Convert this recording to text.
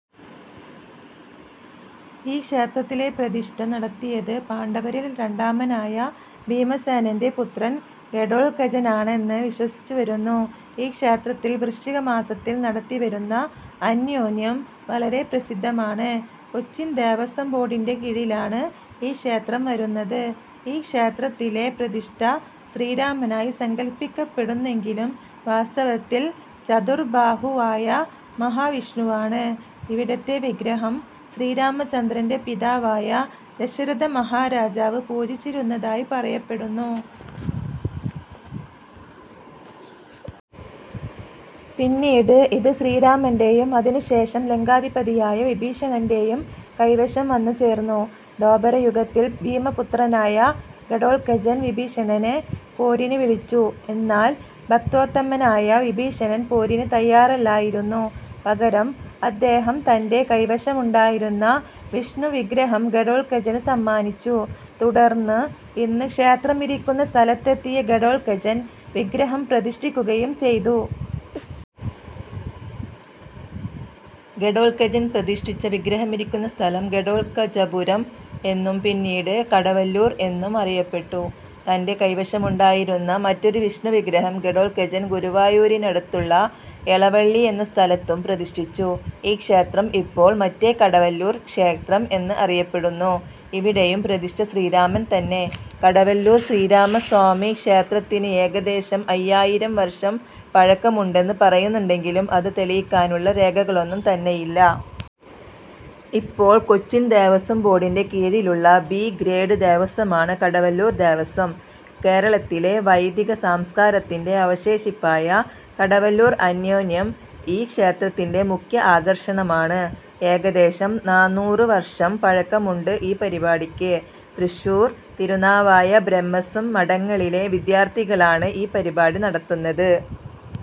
ഈ ക്ഷേത്രത്തിലെ പ്രതിഷ്ഠ നടത്തിയത് പാണ്ഡവരിൽ രണ്ടാമനായ ഭീമസേനന്റെ പുത്രൻ ഘടോൽകചനാണെന്ന് വിശ്വസിച്ചുവരുന്നു. ഈ ക്ഷേത്രത്തിൽ വൃശ്ചികമാസത്തിൽ നടത്തിവരുന്ന അന്യോന്യം വളരെ പ്രസിദ്ധമാണ്. കൊച്ചിൻ ദേവസ്വം ബോർഡിന്റെ കീഴിലാണ് ഈ ക്ഷേത്രം വരുന്നത്. ഈ ക്ഷേത്രത്തിലെ പ്രതിഷ്ഠ ശ്രീരാമനായി സങ്കല്പിയ്ക്കപ്പെടുന്നെങ്കിലും വാസ്തവത്തിൽ ചതുർബാഹുവായ മഹാവിഷ്ണുവാണ്. ഇവിടത്തെ വിഗ്രഹം ശ്രീരാമചന്ദ്രന്റെ പിതാവായ ദശരഥമഹാരാജാവ് പൂജിച്ചിരുന്നതായി പറയപ്പെടുന്നു. പിന്നീട് ഇത് ശ്രീരാമന്റെയും അതിനുശേഷം ലങ്കാധിപതിയായ വിഭീഷണന്റെയും കൈവശം വന്നുചേർന്നു. ദ്വാപരയുഗത്തിൽ ഭീമപുത്രനായ ഘടോൽകചൻ വിഭീഷണനെ പോരിന് വിളിച്ചു. എന്നാൽ, ഭക്തോത്തമനായ വിഭീഷണൻ പോരിന് തയ്യാറല്ലായിരുന്നു. പകരം അദ്ദേഹം തന്റെ കൈവശമുണ്ടായിരുന്ന വിഷ്ണുവിഗ്രഹം ഘടോൽകചന് സമ്മാനിച്ചു. തുടർന്ന് ഇന്ന് ക്ഷേത്രമിരിയ്ക്കുന്ന സ്ഥലത്തെത്തിയ ഘടോൽകചൻ വിഗ്രഹം പ്രതിഷ്ഠിയ്ക്കുകയും ചെയ്തു. ഘടോൽകചൻ പ്രതിഷ്ഠിച്ച വിഗ്രഹമിരിയ്ക്കുന്ന സ്ഥലം 'ഘടോൽകചപുരം' എന്നും പിന്നീട് 'കടവല്ലൂർ' എന്നുമറിയപ്പെട്ടു. തന്റെ കൈവശമുണ്ടായിരുന്ന മറ്റൊരു വിഷ്ണുവിഗ്രഹം ഘടോൽകചൻ ഗുരുവായൂരിനടുത്തുള്ള എളവള്ളി എന്ന സ്ഥലത്തും പ്രതിഷ്ഠിച്ചു. ഈ ക്ഷേത്രം ഇപ്പോൾ 'മറ്റേ കടവല്ലൂർ ക്ഷേത്രം' എന്ന് അറിയപ്പെടുന്നു. ഇവിടെയും പ്രതിഷ്ഠ ശ്രീരാമൻ തന്നെ. കടവല്ലൂർ ശ്രീരാമസ്വാമിക്ഷേത്രത്തിന് ഏകദേശം അയ്യായിരം വർഷം പഴക്കമുണ്ടെന്ന് പറയുന്നുണ്ടെങ്കിലും അത് തെളിയിയ്ക്കാനുള്ള രേഖകളൊന്നും തന്നെയില്ല. ഇപ്പോൾ കൊച്ചിൻ ദേവസ്വം ബോർഡിന്റെ കീഴിലുള്ള 'ബി' ഗ്രേഡ് ദേവസ്വമാണ് കടവല്ലൂർ ദേവസ്വം. കേരളത്തിലെ വൈദിക സംസ്കാരത്തിന്റെ അവശേഷിപ്പായ കടവല്ലൂർ അന്യോന്യം ഈ ക്ഷേത്രത്തിന്റെ മുഖ്യ ആകർഷണമാണ്. ഏകദേശം നാന്നൂറുവർഷം പഴക്കമുണ്ട് ഈ പരിപാടിയ്ക്ക്. തൃശ്ശൂർ, തിരുനാവായ ബ്രഹ്മസ്വം മഠങ്ങളിലെ വിദ്യാർത്ഥികളാണ് ഈ പരിപാടി നടത്തുന്നത്.